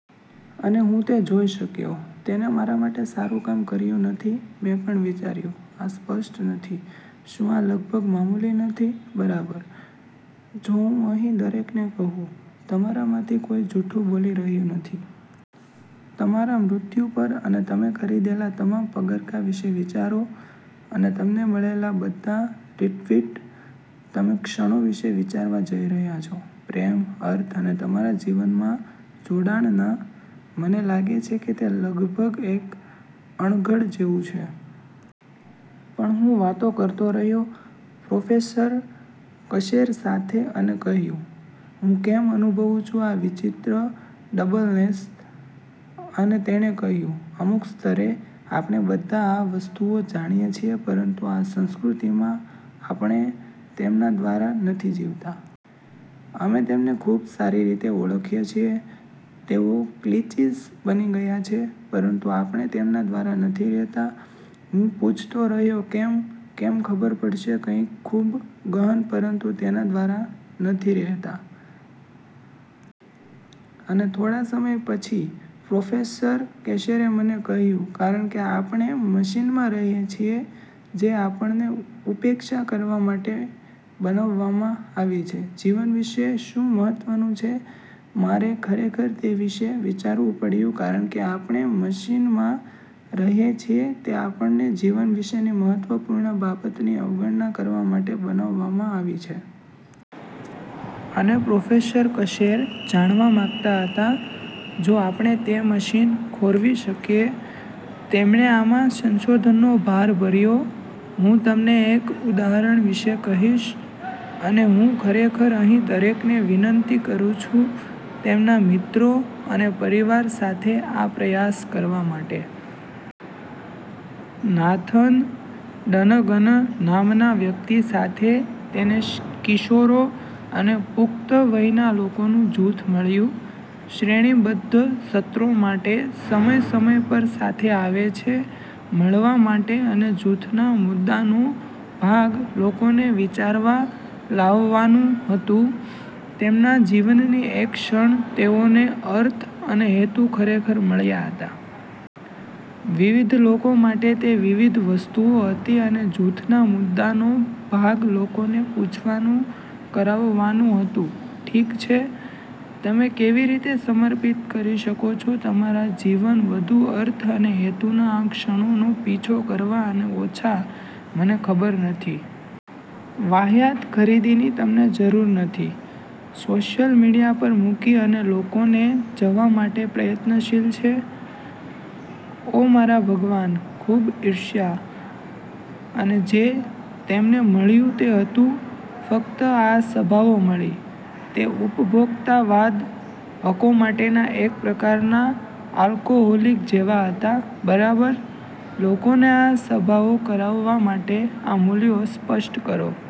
અને હું તે જોઈ શક્યો. તેને મારા માટે સારું કામ કર્યું નથી. મેં પણ વિચાર્યું, આ સ્પષ્ટ નથી? શું આ લગભગ મામૂલી નથી, બરાબર? જો હું અહીં દરેકને કહું, તમારામાંથી કોઈ જૂઠું બોલી રહ્યું નથી. તમારા મૃત્યુ પર અને તમે ખરીદેલા તમામ પગરખાં વિશે વિચારો અને તમને મળેલા બધા રિટ્વીટ. તમે ક્ષણો વિશે વિચારવા જઈ રહ્યાં છો. પ્રેમ, અર્થ અને તમારા જીવનમાં જોડાણના. મને લાગે છે કે તે લગભગ એક અણઘડ જેવું છે. પણ હું વાતો કરતો રહ્યો પ્રોફેસર કશેર સાથે અને કહ્યું, "હું કેમ અનુભવું છું આ વિચિત્ર ડબલનેસ?" અને તેણે કહ્યું, "અમુક સ્તરે, આપણે બધા આ વસ્તુઓ જાણીએ છીએ પરંતુ આ સંસ્કૃતિમાં આપણે તેમના દ્વારા નથી જીવતા." અમે તેમને ખૂબ સારી રીતે ઓળખીએ છીએ. તેઓ ક્લીચીસ બની ગયા છે, પરંતુ આપણે તેમના દ્વારા નથી રહેતા. હું પૂછતો રહ્યો કેમ, કેમ ખબર પડશે કંઈક ખૂબ ગહન પરંતુ તેના દ્વારા નથી રહેતા? અને થોડા સમય પછી પ્રોફેસર કશેરે મને કહ્યું, "કારણ કે આપણે મશીનમાં રહીએ છીએ જે આપણને ઉપેક્ષા કરવા માટે બનાવવામાં આવી છે. જીવન વિશે શું મહત્વનું છે મારે ખરેખર તે વિશે વિચારવું પડ્યું કારણ કે આપણે મશીનમાં રહીએ છીએ તે આપણને જીવન વિશેની મહત્વપૂર્ણ બાબતની અવગણના કરવા માટે બનાવવામાં આવી છે. અને પ્રોફેસર કશેર જાણવા માંગતા હતા જો આપણે તે મશીન ખોરવી શકીએ. તેમણે આમાં સંશોધનનો ભાર ભર્યો. હું તમને એક ઉદાહરણ વિશે કહીશ, અને હું ખરેખર અહીં દરેકને વિનંતી કરું છું તેમના મિત્રો અને પરિવાર સાથે આ પ્રયાસ કરવા માટે. નાથન ડનગન નામના વ્યક્તિ સાથે તેને કિશોરો અને પુખ્ત વયના લોકોનું જૂથ મળ્યું. શ્રેણીબદ્ધ સત્રો માટે સમય સમય પર સાથે આવે છે મળવા માટે અને જૂથના મુદ્દાનો ભાગ લોકોને વિચારવા લાવવાનું હતું. તેમના જીવનની એક ક્ષણ તેઓને અર્થ અને હેતુ ખરેખર મળ્યા હતા. વિવિધ લોકો માટે તે વિવિધ વસ્તુઓ હતી અને જૂથના મુદ્દાનો ભાગ લોકોને પૂછવાનું કરાવવાનું હતું. ઠીક છે. તમે કેવી રીતે સમર્પિત કરી શકો છો તમારા જીવન વધુ અર્થ અને હેતુના આ ક્ષણોનો પીછો કરવા અને ઓછા, મને ખબર નથી. વાહિયાત ખરીદીની તમને જરૂર નથી, સોશિયલ મીડિયા પર મૂકી અને લોકોને જવા માટે પ્રયત્નશીલ છે. ઓ મારા ભગવાન, ખૂબ ઇર્ષ્યા! અને જે તેમને મળ્યું તે હતું. ફક્ત આ સભાઓ મળી, તે ઉપભોક્તાવાદ, હકો માટેના એક પ્રકારનાં આલ્કોહોલિક જેવા હતા, બરાબર? લોકોને આ સભાઓ કરાવવા માટે, આ મૂલ્યો સ્પષ્ટ કરો.